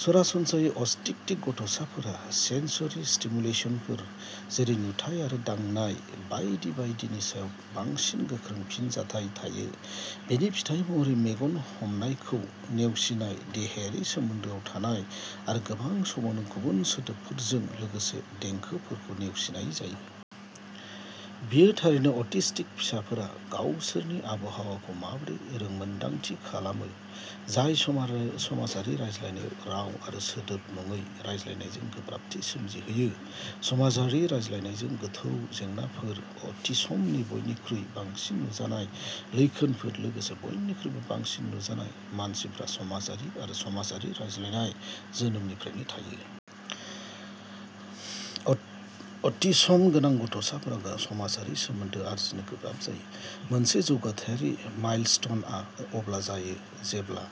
सरासनस्रायै अटिस्टिक गथ'साफोरहा सेन्स'रि स्टिमुलेसनफोर जेरै नुथाइ आरो दांनाय बायदि बायदिनि सायाव बांसिन गोख्रों फिनजाथाय थायो। बेनि फिथाय महरै मेगन हमनायखौ नेवसिनाय देहायारि सोमोन्दोआव थानाय, आरो गोबां समावनो गुबुन सोदोबफोरजों लोगोसे देंखोफोरखौ नेवसिनाय जायो। बेयो थारैनो अटिस्टिक फिसाफोरा गावसोरनि आबहावाखौ माबोरै रोंमोन्दांथि खालामो जाय समाजारि रायज्लायनाय राव आरो सोदोब नङै रायज्लायनायजों गोब्राबथि सोमजिहोयो। समाजारि रायज्लायनायजों गोथौ जेंनाफोरा अटिसमनि बयनिख्रुइ बांसिन नुजानाय लैखोनफोर लोगोसे बयनिख्रुइबो बांसिन नुजानाय। मानसिफ्रा समाजारि आरो समाजारि रायज्लायनाय, जोनोमनिफ्रायनो थायो। अटिसम गोनां गथ'साफोरा समाजारि सोमोन्दो आरजिनो गोब्राब जायो। मोनसे जौगाथायारि माइलस्टनआ अब्ला जायो जेब्ला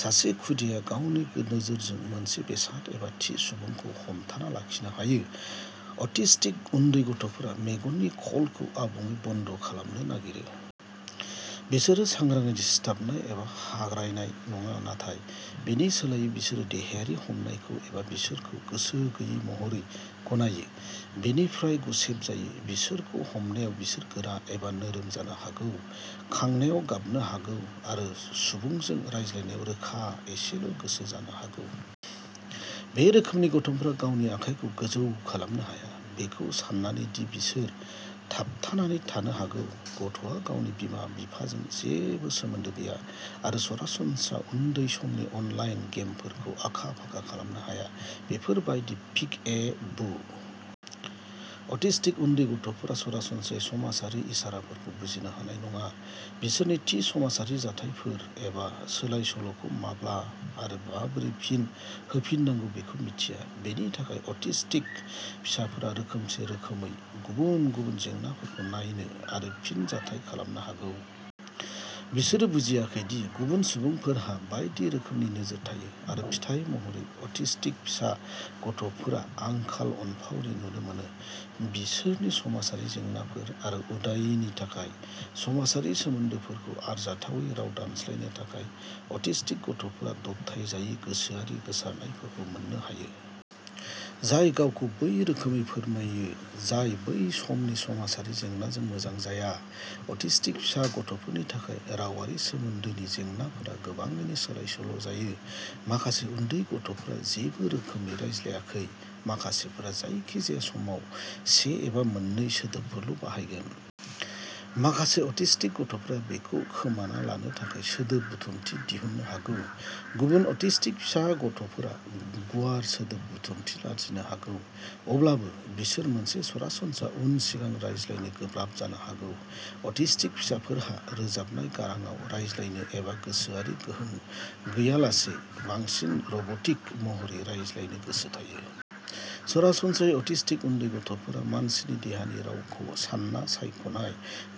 सासे खुदियाया गावनि नोजोरजों मोनसे बेसाद एबा थि सुबुंखौ हमथाना लाखिनो हायो। अटिस्टिक उन्दै गथ'फोरा मेगननि कलखौ आबुङै बन्द' खालामनो नागिरो। बिसोरो सांग्राङै सिथाबनाय एबा हाग्रायनाय नङा नाथाय बेनि सोलायै बिसोरो देहायारि हमनायखौ एबा बिसोरखौ गोसो गैयै महरै गनायो। बेनिफ्राय गुसेब जायो। बिसोरखौ हमनायाव बिसोर गोरा एबा नोरोम जानो हागौ, खांनायाव गाबनो हागौ, आरो सुबुंजों रायज्लायनायाव रोखा एसेल' गोसो जानो हागौ। बे रोखोमनि गथ'फोरा गावनि आखाइखौ गोजौ खालामनो हाया। बेखौ साननानै दि बिसोर थाबथानानै थानो हागौ। गथ'आ गावनि बिमा-बिफाजों जेबो सोमोन्दो गैया आरो सरासनस्रा उन्दै समनि अनलाइन गेमफोरखौ आखा-फाखा खालामनो हाया। बेफोर बायदि पिक ए बु। अटिस्टिक उन्दै गथ'फोरा सरासनस्रायै समाजारि इसाराफोरखौ बुजिनो हानाय नङा। बिसोर थि समाजारि जाथायफोर एबा सोलाय-सोल'खौ माब्ला आरो माबोरै फिन होफिननांगौ बेखौ मिथिया। बेनि थाखाय अटिस्टिक फिसाफोरा रोखोमसे रोखोमै गुबुन गुबुन जेंनाफोरखौ नायनो आरो फिनजाथाय खालामनो हागौ। बिसोरो बुजियाखै दि गुबुन सुबुंफोरहा बायदि रोखोमनि नोजोर थायो आरो फिथाय महरै अटिस्टिक फिसा गथ'फोरा आंखाल अनफावरि नुनो मोनो। बिसोरनि समाजारि जेंनाफोर आरो उदायैनि थाखाय। समाजारि सोमोन्दोफोरखौ आरजाथावै राव दानस्लायनो थाखाय अटिस्टिक गथ'फोरा दबथायजायै गोसोआरि गोसारनायफोरखौ मोननो हायो। जाय गावखौ बै रोखोमै फोरमायो जाय बै समनि समाजारि जेंनाजों मोजां जाया। अटिस्टिक फिसा गथ'फोरनि थाखाय रावारि सोमोन्दोनि जेंनाफोरा गोबाङैनो सोलाय-सोल' जायो। माखासे उन्दै गथ'फोरा जेबो रोखोमै रायज्लायाखै। माखासेफोरा जायखिजाया समाव से एबा मोननै सोदोबफोरल' बाहायगोन। माखासे अटिस्टिक गथ'फोरा बेखौ खोमाना लानो थाखाय सोदोब बुथुमथि दिहुननो हागौ। गुबुन अटिस्टिक फिसा गथ'फोरा गुवार सोदोब बुथुमथि आरजिनो हागौ। अब्लाबो बिसोर मोनसे सरासनस्रा उन सिगां रायज्लायनो गोब्राब जानो हागौ। अटिस्टिक फिसाफोरहा रोजाबनाय गारांआव रायज्लायनो एबा गोसोआरि गोहोम गैयालासे बांसिन रब'टिक महरै रायज्लायनो गोसो थायो। सरासनस्रायै अटिस्टिक उन्दै गथ'फोरा मानसिनि देहानि रावखौ सानना सायख'नाय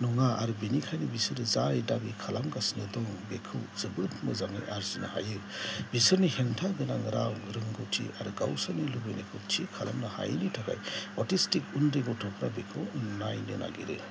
नङा आरो बेनिखायनो बिसोरो जाय दाबि खालामजागासिनो दं बेखौ जोबोद मोजाङै आरजिनो हायो। बिसोरनि हेंथा गोनां राव रोंग'थि आरो गावसोरनि लुबैनायखौ थि खालामनो हायैनि थाखाय अटिस्टिक उन्दै गथ'फोरा बेखौ नायनो नागिरो।